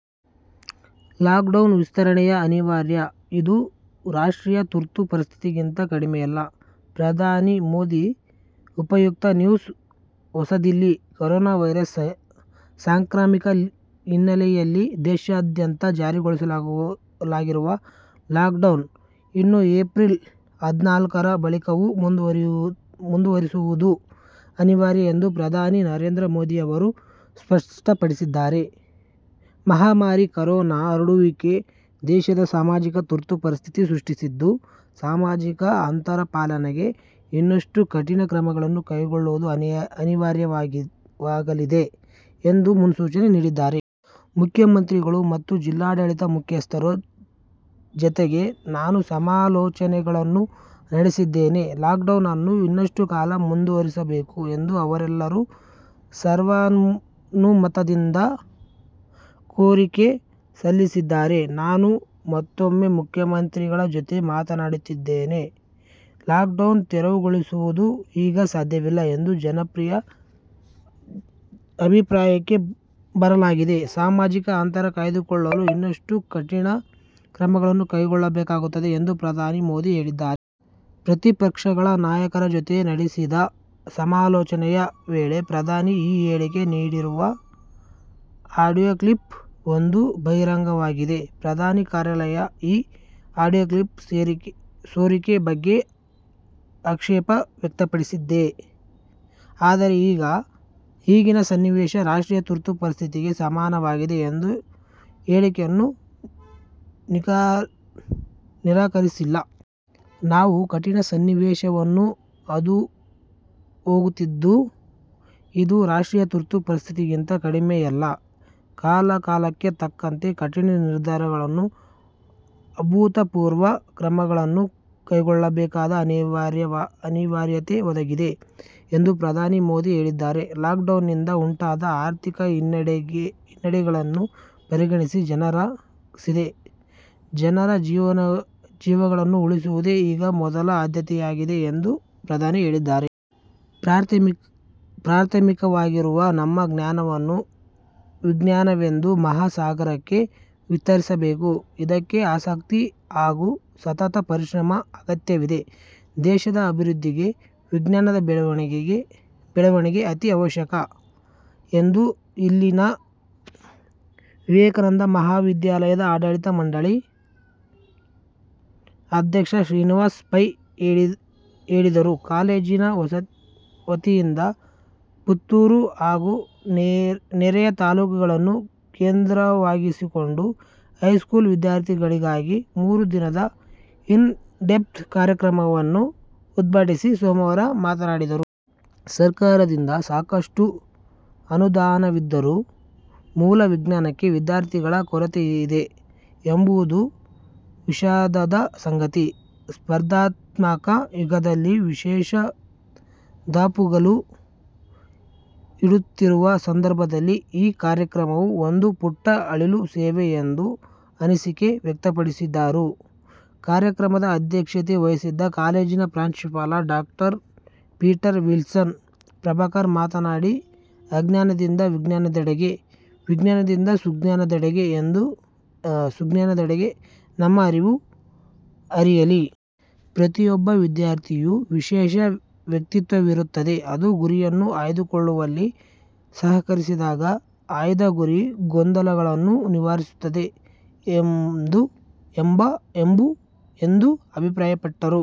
Lockdown ವಿಸ್ತರಣೆ ಅನಿವಾರ್ಯ, ಇದು 'ರಾಷ್ಟ್ರೀಯ ತುರ್ತು ಪರಿಸ್ಥಿತಿ'ಗಿಂತ ಕಡಿಮೆಯಲ್ಲ: ಪ್ರಧಾನಿ ಮೋದಿ ಉಪಯುಕ್ತ ನ್ಯೂಸ್ ಹೊಸದಿಲ್ಲಿ: ಕೊರೊನಾ ವೈರಸ್ ಸಾಂಕ್ರಾಮಿಕದ ಹಿನ್ನೆಲೆಯಲ್ಲಿ ದೇಶಾದ್ಯಂತ ಜಾರಿಗೊಳಿಸಲಾಗಿರುವ ಲಾಕ್ಡೌನ್ ಅನ್ನು ಏಪ್ರಿಲ್ ಹದಿನಾಲ್ಕರ ಬಳಿಕವೂ ಮುಂದುವರಿಸುವುದು ಅನಿವಾರ್ಯ ಎಂದು ಪ್ರಧಾನಿ ನರೇಂದ್ರ ಮೋದಿ ಅವರು ಸ್ಪಷ್ಟಪಡಿಸಿದ್ದಾರೆ. ಮಹಾಮಾರಿ ಕೊರೊನಾ ಹರಡುವಿಕೆ ದೇಶದಲ್ಲಿ ಸಾಮಾಜಿಕ ತುರ್ತು ಪರಿಸ್ಥಿತಿ ಸೃಷ್ಟಿಸಿದ್ದು, ಸಾಮಾಜಿಕ ಅಂತರ ಪಾಲನೆಗೆ ಇನ್ನಷ್ಟು ಕಠಿಣ ಕ್ರಮಗಳನ್ನು ಕೈಗೊಳ್ಳುವುದು ಅನಿವಾರ್ಯವಾಗಲಿದೆ ಎಂದು ಮುನ್ಸೂಚನೆ ನೀಡಿದ್ದಾರೆ. 'ಮುಖ್ಯಮಂತ್ರಿಗಳು ಮತ್ತು ಜಿಲ್ಲಾಡಳಿತದ ಮುಖ್ಯಸ್ಥರ ಜತೆಗೆ ನಾನು ಸಮಾಲೋಚನೆಗಳನ್ನು ನಡೆಸಿದ್ದೇನೆ. ಲಾಕ್ಡೌನ್ ಅನ್ನು ಇನ್ನಷ್ಟು ಕಾಲ ಮುಂದುವರಿಸಬೇಕು ಎಂದು ಅವರೆಲ್ಲರೂ ಸರ್ವಾನುಮತದಿಂದ ಕೋರಿಕೆ ಸಲ್ಲಿಸಿದ್ದಾರೆ. ನಾನು ಇನ್ನೊಮ್ಮೆ ಮುಖ್ಯಮಂತ್ರಿಗಳ ಜತೆ ಮಾತನಾಡುತ್ತೇನೆ. ಲಾಕ್ ಡೌನ್ ತೆರವುಗೊಳಿಸುವುದು ಈಗ ಸಾಧ್ಯವಿಲ್ಲ ಎಂಬ ಅಭಿಪ್ರಾಯಕ್ಕೆ ಬರಲಾಗಿದೆ. ಸಾಮಾಜಿಕ ಅಂತರ ಕಾಯ್ದುಕೊಳ್ಳಲು ಇನ್ನಷ್ಟು ಕಠಿಣ ಕ್ರಮಗಳನ್ನು ಕೈಗೊಳ್ಳಬೇಕಾಗುತ್ತದೆ' ಎಂದು ಪ್ರಧಾನಿ ಮೋದಿ ಹೇಳಿದ್ದಾರೆ. ಪ್ರತಿಪಕ್ಷಗಳ ನಾಯಕರ ಜತೆ ನಡೆಸಿದ ಸಮಾಲೋಚನೆಯ ವೇಳೆ ಪ್ರಧಾನಿ ಈ ಹೇಳಿಕೆ ನೀಡಿರುವ ಆಡಿಯೋ ಕ್ಲಿಪ್ ಒಂದು ಬಹಿರಂಗವಾಗಿದೆ. ಪ್ರಧಾನಿ ಕಾರ್ಯಾಲಯ ಈ ಆಡಿಯೋ ಕ್ಲಿಪ್ ಸೋರಿಕೆ ಬಗ್ಗೆ ಆಕ್ಷೇಪ ವ್ಯಕ್ತಪಡಿಸಿದೆ; ಆದರೆ ಈಗಿನ ಸನ್ನಿವೇಶ ರಾಷ್ಟ್ರೀಯ ತುರ್ತು ಪರಿಸ್ಥಿತಿಗೆ ಸಮನಾಗಿದೆ ಎಂಬ ಹೇಳಿಕೆಯನ್ನು ನಿರಾಕರಿಸಿಲ್ಲ. 'ನಾವು ಕಠಿಣ ಸನ್ನಿವೇಶವನ್ನು ಹಾದುಹೋಗುತ್ತಿದ್ದು, ಇದು ರಾಷ್ಟ್ರೀಯ ತುರ್ತು ಪರಿಸ್ಥಿತಿಗಿಂತ ಕಡಿಮೆಯಲ್ಲ. ಕಾಲ ಕಾಲಕ್ಕೆ ಅತ್ಯಂತ ಕಠಿಣ ನಿರ್ಧಾರಗಳನ್ನು, ಅಭೂತಪೂರ್ವ ಕ್ರಮಗಳನ್ನು ಕೈಗೊಳ್ಳಬೇಕಾದ ಅನಿವಾರ್ಯತೆ ಒದಗಿದೆ' ಎಂದು ಪ್ರಧಾನಿ ಮೋದಿ ಹೇಳಿದ್ದಾರೆ. ಲಾಕ್ಡೌನ್ನಿಂದ ಉಂಟಾದ ಆರ್ಥಿಕ ಹಿನ್ನಡೆಗಳನ್ನು ಪರಿಗಣಿಸದೆ, ಜನರ ಜೀವಗಳನ್ನು ಉಳಿಸುವುದೇ ಈಗ ಮೊದಲ ಆದ್ಯತೆಯಾಗಿದೆ ಎಂದು ಪ್ರಧಾನಿ ಹೇಳಿದ್ದಾರೆ. ಪ್ರಾಥಮಿಕವಾಗಿರುವ ನಮ್ಮ ಜ್ಞಾನವನ್ನು ವಿಜ್ಞಾನವೆಂಬ ಮಹಾ ಸಾಗರಕ್ಕೆ ವಿಸ್ತರಿಸಬೇಕು. ಇದಕ್ಕೆ ಆಸಕ್ತಿ ಹಾಗೂ ಸತತ ಪರಿಶ್ರಮದ ಅಗತ್ಯವಿದೆ, ದೇಶದ ಅಭಿವೃದ್ಧಿಗೆ ವಿಜ್ಞಾನದ ಬೆಳವಣಿಗೆ ಅತೀ ಅವಶ್ಯಕ ಎಂದು ಇಲ್ಲಿನ ವಿವೇಕಾನಂದ ಮಹಾವಿದ್ಯಾಲಯದ ಆಡಳಿತ ಮಂಡಳಿ ಅಧ್ಯಕ್ಷ ಶ್ರೀನಿವಾಸ್ ಪೈ ಹೇಳಿದರು. ಕಾಲೇಜಿನ ವತಿಯಿಂದ ಪುತ್ತೂರು ಹಾಗೂ ನೆರೆಯ ತಾಲೂಕುಗಳನ್ನು ಕೇಂದ್ರವಾಗಿಸಿಕೊಂಡು ಹೈಸ್ಕೂಲ್ ವಿದ್ಯಾರ್ಥಿಗಳಿಗಾಗಿ ಮೂರು ದಿನಗಳ ಇನ್ ಡೆಪ್ತ್ ಕಾರ್ಯಕ್ರಮವನ್ನು ಉದ್ಘಾಟಿಸಿ ಸೋಮವಾರ ಮಾತನಾಡಿದರು. ಸರ್ಕಾರದಿಂದ ಸಾಕಷ್ಟು ಅನುದಾನವಿದ್ದರೂ ಮೂಲ ವಿಜ್ಞಾನಕ್ಕೆ ವಿದ್ಯಾರ್ಥಿಗಳ ಕೊರತೆಯಿದೆ ಎಂಬುವುದು ವಿಷಾದದ ಸಂಗತಿ. ಸ್ಪರ್ಧಾತ್ಮಕ ಯುಗದಲ್ಲಿ ವಿದೇಶಗಳು ದಾಪುಗಾಲು ಇಡುತ್ತಿರುವ ಸಂದರ್ಭದಲ್ಲಿ ಈ ಕಾರ್ಯಕ್ರಮವು ಒಂದು ಪುಟ್ಟ ಅಳಿಲು ಸೇವೆ ಎಂದು ಅನಿಸಿಕೆ ವ್ಯಕ್ತಪಡಿಸಿದರು. ಕಾರ್ಯಕ್ರಮದ ಅಧ್ಯಕ್ಷತೆ ವಹಿಸಿದ್ದ ಕಾಲೇಜಿನ ಪ್ರಾಚಾರ್ಯ ಡಾ. ಪೀಟರ್ ವಿಲ್ಸನ್ ಪ್ರಭಾಕರ್ ಮಾತನಾಡಿ, ಅಜ್ಞಾನದಿಂದ ವಿಜ್ಞಾನದೆಡೆಗೆ, ವಿಜ್ಞಾನದಿಂದ ಸುಜ್ಞಾನದೆಡೆಗೆ ನಮ್ಮ ಅರಿವು ಹರಿಯಲಿ. ಪ್ರತಿಯೊಬ್ಬ ವಿದ್ಯಾರ್ಥಿಯಲ್ಲಿಯೂ ವಿಶೇಷ ವ್ಯಕ್ತಿತ್ವವಿರುತ್ತದೆ. ಅದು ಗುರಿಯನ್ನು ಆಯ್ದುಕೊಳ್ಳುವಲ್ಲಿ ಸಹಕರಿಸಿದಾಗ ಆಯ್ದ ಗುರಿ ಗೊಂದಲಗಳನ್ನು ನಿವಾರಿಸುತ್ತದೆ ಎಂದು ಅಭಿಪ್ರಾಯಪಟ್ಟರು.